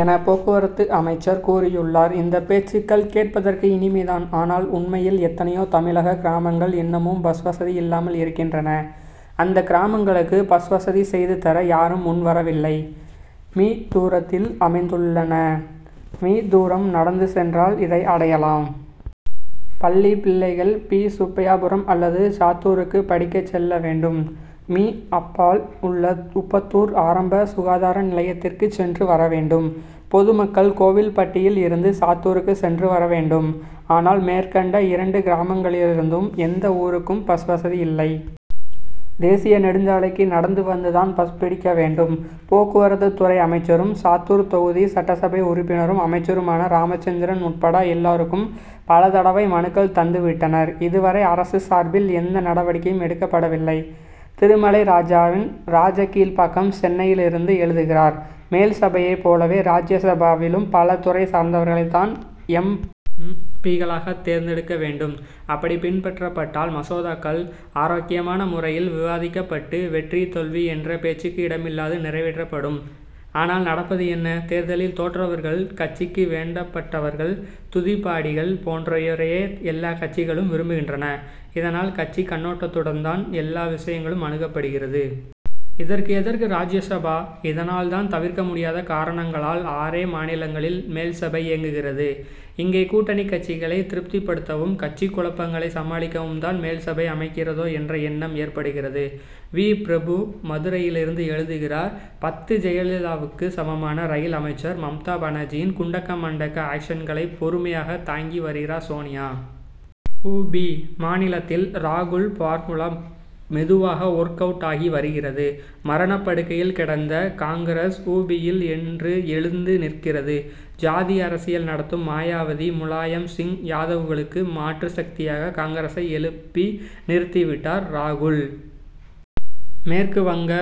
என போக்குவரத்து அமைச்சர் கூறியுள்ளார். இந்த பேச்சுக்கள் கேட்பதற்கு இனிமை தான். ஆனால் உண்மையில் எத்தனையோ தமிழக கிராமங்கள் இன்னமும் பஸ் வசதி இல்லாமல் இருக்கின்றன. அந்த கிராமங்களுக்கு பஸ் வசதி செய்து தர யாரும் முன் வரவில்லை. மீ. தூரத்தில் அமைந்துள்ளன. மீ. தூரம் நடந்து சென்றால் இதை அடையலாம். பள்ளி பிள்ளைகள் பி. சுப்பையாபுரம் அல்லது சாத்தூருக்கு படிக்க செல்ல வேண்டும். மீ. அப்பால் உள்ள உப்பத்தூர் ஆரம்ப சுகாதார நிலையத்திற்கு சென்று வர வேண்டும். பொதுமக்கள் கோவில்பட்டியில் இருந்து சாத்தூருக்கு சென்று வர வேண்டும். ஆனால் மேற்கண்ட இரண்டு கிராமங்களிலிருந்தும் எந்த ஊருக்கும் பஸ் வசதி இல்லை. தேசிய நெடுஞ்சாலைக்கு நடந்து வந்து தான் பஸ் பிடிக்க வேண்டும். போக்குவரத்து துறை அமைச்சரும் சாத்தூர் தொகுதி சட்டசபை உறுப்பினரும் அமைச்சருமான ராமச்சந்திரன் உட்பட எல்லாருக்கும் பல தடவை மனுக்கள் தந்து விட்டனர். இதுவரை அரசு சார்பில் எந்த நடவடிக்கையும் எடுக்கப்படவில்லை. திருமலைராஜன் ராஜகீழ்பாக்கம் சென்னையிலிருந்து எழுதுகிறார் மேல்சபையைப் போலவே ராஜ்யசபாவிலும் பல துறை சார்ந்தவர்களைத் தான் எம். பி.க்களாகத் தேர்ந்தெடுக்க வேண்டும். அப்படி பின்பற்றப்பட்டால் மசோதாக்கள் ஆரோக்கியமான முறையில் விவாதிக்கப்பட்டு வெற்றி தோல்வி என்ற பேச்சுக்கு இடமில்லாது நிறைவேற்றப்படும். ஆனால் நடப்பது என்ன. தேர்தலில் தோற்றவர்கள் கட்சிக்கு வேண்டப்பட்டவர்கள் துதிபாடிகள் போன்றோரையே எல்லா கட்சிகளும் விரும்புகின்றன. இதனால் கட்சிக் கண்ணோட்டத்துடன் தான் எல்லா விஷயங்களும் அணுகப்படுகிறது. இதற்கு எதற்கு ராஜ்யசபா. இதனால் தான் தவிர்க்க முடியாத காரணங்களால் ஆறே மாநிலங்களில் மேல்சபை இயங்குகிறது. இங்கே கூட்டணிக் கட்சிகளை திருப்திப்படுத்தவும் கட்சிக் குழப்பங்களை சமாளிக்கவும் தான் மேல்சபை அமைகிறதோ என்ற எண்ணம் ஏற்படுகிறது. வி. பிரபு மதுரையிலிருந்து எழுதுகிறார் பத்து ஜெயலலிதாவுக்கு சமமான ரயில் அமைச்சர் மம்தா பானர்ஜியின் குண்டக்க மண்டக்க ஆக்ஷன்களை பொறுமையாக தாங்கி வருகிறார் சோனியா. உ. பி. மாநிலத்தில் ராகுல் பார்முலா மெதுவாக ஒர்க் அவுட் ஆகி வருகிறது. மரணப் படுக்கையில் கிடந்த காங்கிரஸ் உ. பி.யில் இன்று எழுந்து நிற்கிறது. ஜாதி அரசியல் நடத்தும் மாயாவதி முலாயம் சிங் யாதவ்களுக்கு மாற்று சக்தியாக காங்கிரசை எழுப்பி நிறுத்திவிட்டார் ராகுல். மேற்கு வங்க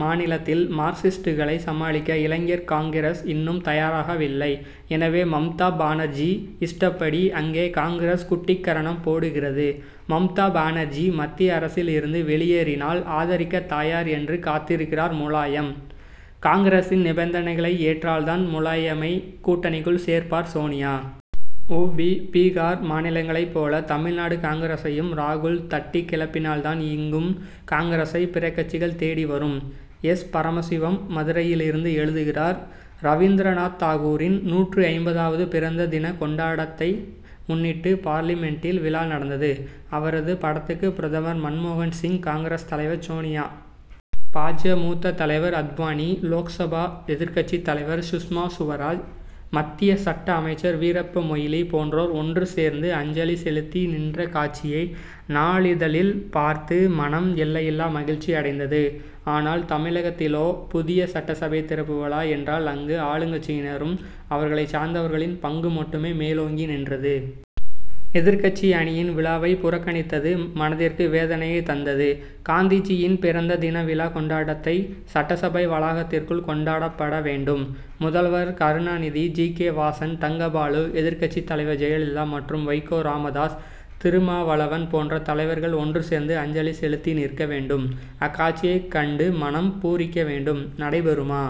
மாநிலத்தில் மார்க்சிஸ்ட்டுகளை சமாளிக்க இளைஞர் காங்கிரஸ் இன்னும் தயாராகவில்லை. எனவே மம்தா பானர்ஜி இஷ்டப்படி அங்கே காங்கிரஸ் குட்டிக்கரணம் போடுகிறது. மம்தா பானர்ஜி மத்திய அரசில் இருந்து வெளியேறினால் ஆதரிக்கத் தாயர் என்று காத்திருக்கிறார் முலாயம். காங்கிரசின் நிபந்தனைகளை ஏற்றால் தான் முலாயமை கூட்டணிக்குள் சேர்ப்பார் சோனியா. உ. பி. பீகார் மாநிலங்களை போல தமிழ்நாடு காங்கிரசையும் ராகுல் தட்டி கிளப்பினால் தான் இங்கும் காங்கிரசை பிற கட்சிகள் தேடி வரும். எல். பரமசிவம் மதுரையிலிருந்து எழுதுகிறார் ரவிந்திரநாத் தாகூரின் நூற்று ஐம்பதாவது பிறந்த தின கொண்டாடத்தை முன்னிட்டு பார்லிமென்டில் விழா நடந்தது. அவரது படத்துக்கு பிரதமர் மன் மோகன்சிங் காங்கிரஸ் தலைவர் சோனியா. பா. ஜ. மூத்த தலைவர் அத்வானி லோக்சபா எதிர்க்கட்சி தலைவர் சுஷ்மா சுவராஜ் மத்திய சட்ட அமைச்சர் வீரப்ப மொய்லி போன்றோர் ஒன்று சேர்ந்து அஞ்சலி செலுத்தி நின்ற காட்சியை நாளிதழில் பார்த்து மனம் எல்லையில்லா மகிழ்ச்சி அடைந்தது. ஆனால் தமிழகத்திலோ புதிய சட்டசபை திறப்பு விழா என்றால் அங்கு ஆளுங்கட்சியினரும் அவர்களைச் சார்ந்தவர்களின் பங்கு மட்டுமே மேலோங்கி நின்றது. எதிர்க்கட்சி அணியின் விழாவை புறக்கணித்தது மனதிற்கு வேதனையைத் தந்தது. காந்திஜியின் பிறந்த தின விழா கொண்டாடத்தை சட்டசபை வளாகத்திற்குள் கொண்டாடப்பட வேண்டும். முதல்வர் கருணாநிதி ஜி. கே. வாசன் தங்கபாலு எதிர்க்கட்சி தலைவர் ஜெயலலிதா மற்றும் வைகோ ராமதாஸ் திருமாவளவன் போன்ற தலைவர்கள் ஒன்று சேர்ந்து அஞ்சலி செலுத்தி நிற்க வேண்டும். அக்காட்சியை கண்டு மனம் பூரிக்க வேண்டும். நடைபெறுமா?